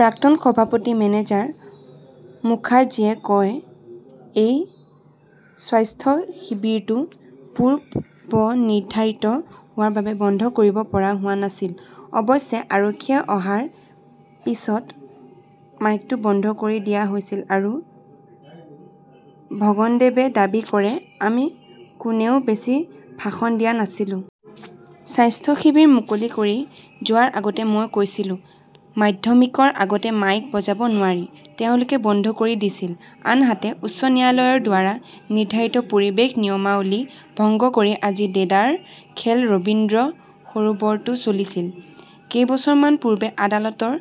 প্ৰাক্তন সভাপতি মেনেজাৰ মুখাৰ্জীয়ে কয়, এই স্বাস্থ্য শিবিৰটো পূৰ্ব নিৰ্ধাৰিত হোৱাৰ বাবে বন্ধ কৰিব পৰা হোৱা নাছিল। অৱশ্যে আৰক্ষীয়ে অহাৰ পিছত মাইকটো বন্ধ কৰি দিয়া হৈছিল। আৰু ভগনদেৱে দাবী কৰে, আমি কোনেও বেছি ভাষণ দিয়া নাছিলো। স্বাস্থ্য শিবিৰ মুকলি কৰি যোৱাৰ আগতে মই কৈছিলো, মাধ্যমিকৰ আগতে মাইক বজাব নোৱাৰি। তেওঁলোকে বন্ধ কৰি দিছিল। আনহাতে, উচ্চ ন্যায়ালয়ৰ দ্বাৰা নিৰ্ধাৰিত পৰিৱেশ নিয়মাৱলী ভংগ কৰি আজি দেদাৰ খেল ৰবীন্দ্ৰ সৰোবৰতো চলিছিল। কেইবছৰমান পূৰ্বে আদালতৰ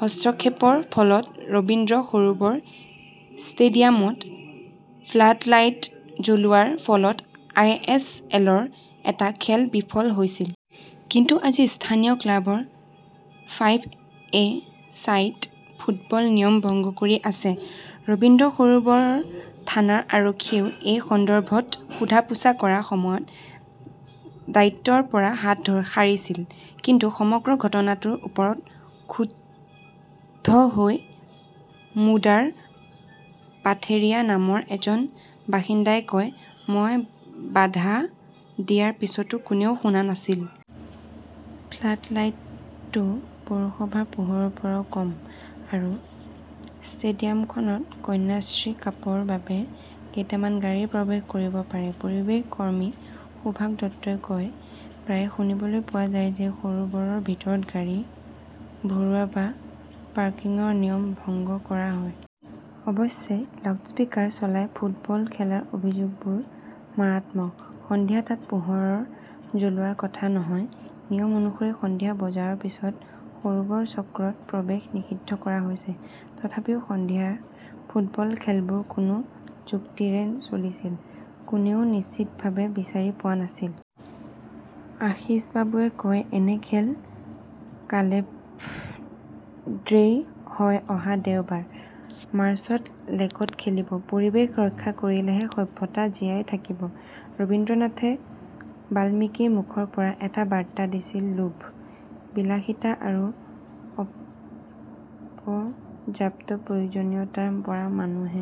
হস্তক্ষেপৰ ফলত ৰবীন্দ্ৰ সৰোবৰ ষ্টেডিয়ামত ফ্লাডলাইট জ্বলোৱাৰ ফলত আই এছ এলৰ এটা খেল বিফল হৈছিল। কিন্তু আজি স্থানীয় ক্লাবৰ ফাইভ এ চাইড ফুটবল নিয়ম ভংগ কৰি আছে। ৰবীন্দ্ৰ সৰোবৰ থানাৰ আৰক্ষীয়েও এই সন্দৰ্ভত সোধা-পোছা কৰাৰ সময়ত দায়িত্বৰ পৰা হাত সাৰিছিল। কিন্তু সমগ্ৰ ঘটনাটোৰ ওপৰত ক্ষুব্ধ হৈ মুদাৰ পাথেৰিয়া নামৰ এজন বাসিন্দাই কয়, মই বাধা দিয়াৰ পিছতো কোনেও শুনা নাছিল। ফ্লাডলাইটটো পৌৰসভাৰ পোহৰৰ পৰাও কম। আৰু ষ্টেডিয়ামখনত কন্যাশ্ৰী কাপৰ বাবে কেইটামান গাড়ী প্ৰৱেশ কৰিব পাৰে। পৰিৱেশ কৰ্মী সুভাষ দত্তই কয়, প্ৰায়ে শুনিবলৈ পোৱা যায় যে সৰোবৰৰ ভিতৰত গাড়ী ভৰোৱা বা পাৰ্কিংৰ নিয়ম ভংগ কৰা হয়। অৱশ্যে, লাউডস্পিকাৰ চলাই ফুটবল খেলাৰ অভিযোগবোৰ মাৰাত্মক। সন্ধিয়া তাত পোহৰ জ্বলোৱাৰ কথা নহয়। নিয়ম অনুসৰি সন্ধিয়া বজাৰ পিছত সৰোবৰ চক্ৰত প্ৰৱেশ নিষিদ্ধ কৰা হৈছে। তথাপিও সন্ধিয়াৰ ফুটবল খেলবোৰ কোনো যুক্তিৰে চলিছিল, কোনেও নিশ্চিতভাৱে বিচাৰি পোৱা নাছিল। আশীছবাবুৱে কয় এনে খেল কালেভদ্ৰেই হয় অহা দেওবাৰ, মাৰ্চত লেকত খেলিব। পৰিৱেশ ৰক্ষা কৰিলেহে সভ্যতা জীয়াই থাকিব, ৰবীন্দ্ৰনাথে বাল্মীকিৰ মুখৰ পৰা এটা বাৰ্তা দিছিল লোভ, বিলাসিতা আৰু অপৰ্যাপ্ত প্ৰয়োজনীয়তাৰ পৰা মানুহে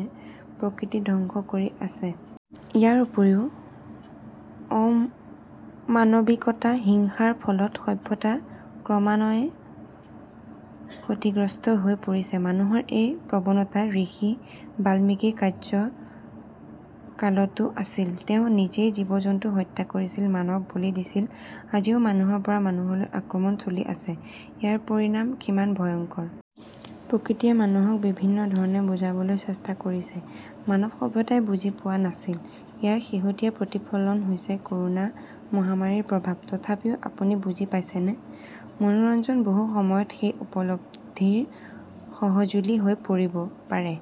প্ৰকৃতি ধ্বংস কৰি আছে। ইয়াৰ উপৰিও, অমানৱিকতা, হিংসাৰ ফলত সভ্যতা ক্ৰমান্বয়ে ক্ষতিগ্ৰস্ত হৈ পৰিছে। মানুহৰ এই প্ৰৱণতা ঋষি বাল্মীকিৰ কাৰ্যকালতও আছিল। তেওঁ নিজেই জীৱ-জন্তু হত্যা কৰিছিল, মানৱ বলি দিছিল। আজিও মানুহৰ পৰা মানুহলৈ আক্ৰমণ চলি আছে। ইয়াৰ পৰিণাম কিমান ভয়ংকৰ। প্ৰকৃতিয়ে মানুহক বিভিন্ন ধৰণে বুজাবলৈ চেষ্টা কৰিছে। মানৱ সভ্যতাই বুজি পোৱা নাছিল। ইয়াৰ শেহতীয়া প্ৰতিফলন হৈছে কৰোনা মহামাৰীৰ প্ৰভাৱ। তথাপিও আপুনি বুজি পাইছেনে? মনোৰঞ্জন বহু সময়ত সেই উপলব্ধিৰ সঁজুলি হৈ পৰিব পাৰে।